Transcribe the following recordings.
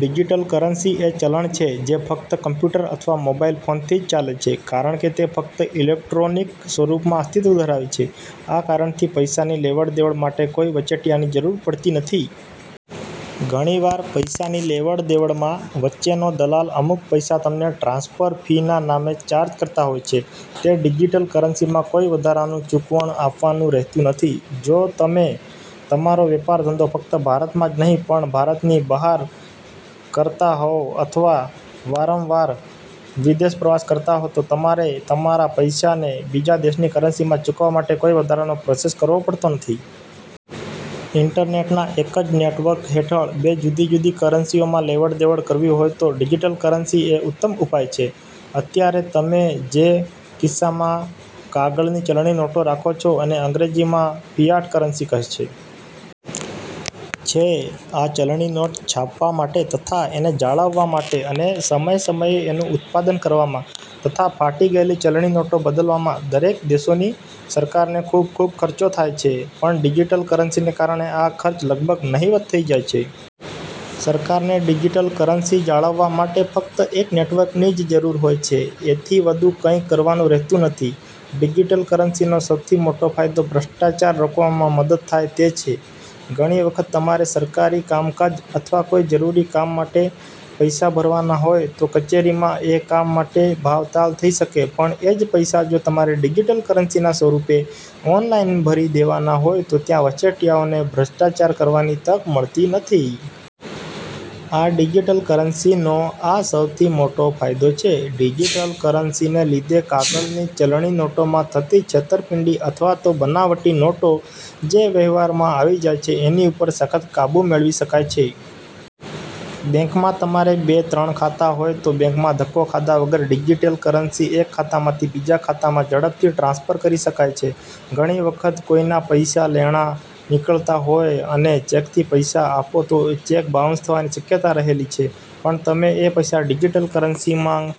Digital currency એ ચલણ છે જે ફક્ત કમ્પ્યુટર અથવા મોબાઇલ ફોનથી જ ચાલે છે કારણ કે તે ફક્ત ઇલેક્ટ્રોનિક સ્વરૂપમાં અસ્તિત્વ ધરાવે છે. આ કારણથી પૈસાની લેવડદેવડ માટે કોઈ વચેટિયાની જરૂર પડતી નથી. ઘણીવાર પૈસાની લેવડદેવડમાં વચ્ચેનો દલાલ અમુક પૈસા તમને ટ્રાન્સફર ફી ના નામે ચાર્જ કરતા હોય છે તે ડિજિટલ કરન્સીમાં કોઈ વધારાનું ચુકવણું આપવાનું રહેતું નથી. તમે જો તમારો વેપાર ધંધો ફક્ત ભારતમાં જ નહીં પણ ભારતની બહાર પણ કરતા હો અથવા વારંવાર વિદેશ પ્રવાસ કરતા હો ત્યારે તમારા પૈસાને બીજા દેશની કરન્સીમાં ચૂકવવા માટે કોઈ વધારાનો પ્રોસેસ કરવો પડતો નથી. ઇન્ટરનેટના એક જ નેટવર્ક હેઠળ બે જુદી જુદી કરન્સીઓમાં લેવડદેવડ કરવી હોય તો ડિજિટલ કરન્સી એ ઉત્તમ ઉપાય છે. અત્યારે તમે જે કિસ્સામાં કાગળની ચલણી નોટ રાખો છો એને અંગ્રેજીમાં ફિયાટ કરન્સી કહેવાય છે, આ ચલણી નોટ છાપવા માટે તથા એને જાળવવા માટે અને સમય સમયે એનું ઉત્પાદન કરવામાં તથા ફાટી ગયેલી ચલણી નોટો બદલવામાં દરેક દેશોની સરકારને ખૂબ ખૂબ ખર્ચો થાય છે પણ ડિજિટલ કરન્સીને કારણે આ ખર્ચ લગભગ નહિવત થઈ જાય છે. સરકારને ડિજિટલ કરન્સી જાળવવા માટે ફ્કત એક નેટવર્કની જ જરૂર હોય છે એથી વધુ કંઈ કરવાનુ રહેતું નથી. ડિજિટલ કરન્સીનો સૌથી મોટો ફાયદો ભ્રષ્ટાચાર રોકવામાં મદદ થાય તે છે. ઘણી વખત તમારે સરકારી કામકાજ અથવા કોઈ જરૂરી કામ માટે પૈસા ભરવાના હોય તો કચેરીમાં એ કામ માટે ભાવતાલ થઈ શકે છે પણ એ જ પૈસા જો તમારે ડિજિટલ કરન્સીના સ્વરૂપે ઓનલાઈન ભરી દેવાના હોય તો ત્યાં વચેટિયાઓને ભ્રષ્ટાચાર કરવાની તક મળતી નથી. આ ડિજિટલ કરન્સીનો આ સૌથી મોટો ફાયદો છે. ડિજિટલ કરન્સી ને લીધે કાગળની ચલણી નોટોમાં થતી છેતરપિંડી અથવા તો બનાવટી નોટો જે વ્યવહારમાં આવી જાય છે એની ઉપર સખત કાબુ મેળવી શકાય છે. બેંકમાં તમારે બે ત્રણ ખાતા હોય તો બેંકમાં ધક્કો ખાધા વગર ડિજિટલ કરન્સી એક ખાતામાંથી બીજા ખાતામાં ઝડપથી ટ્રાન્સફર કરી શકાય છે. ઘણી વખત કોઈ ના પૈસા લેણા નીકળતા હોય અને ચેકથી પૈસા આપે તો ચેક બાઉન્સ થવાની શક્યતા રહેલી છે પણ તમે એ પૈસા ડિજિટલ કરન્સીમાં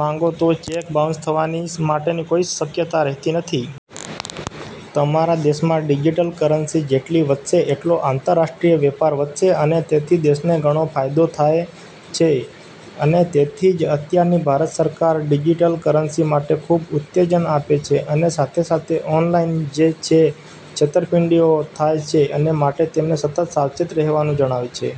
માગો તો ચેક્ બાઉન્સ થવા માટેની કોઈ શક્યતા રહેતી નથી. તમારા દેશમાં ડિજિટલ કરન્સી જેટલી વધશે એટલો આંતરરાષ્ટ્રીય વેપાર વધશે અને એથી દેશને ઘણો ફાયદો થાય છે, અને એથી જ અત્યારની ભારત સરકાર ડિજિટલ કરન્સી માટે ખૂબ ઉત્તેજન આપે છે અને સાથે સાથે ઓનલાઇન જે છેતરપિંડીઓ થાય છે એ માટે પણ તમને સતત સાવચેત રહેવાનું જણાવે છે.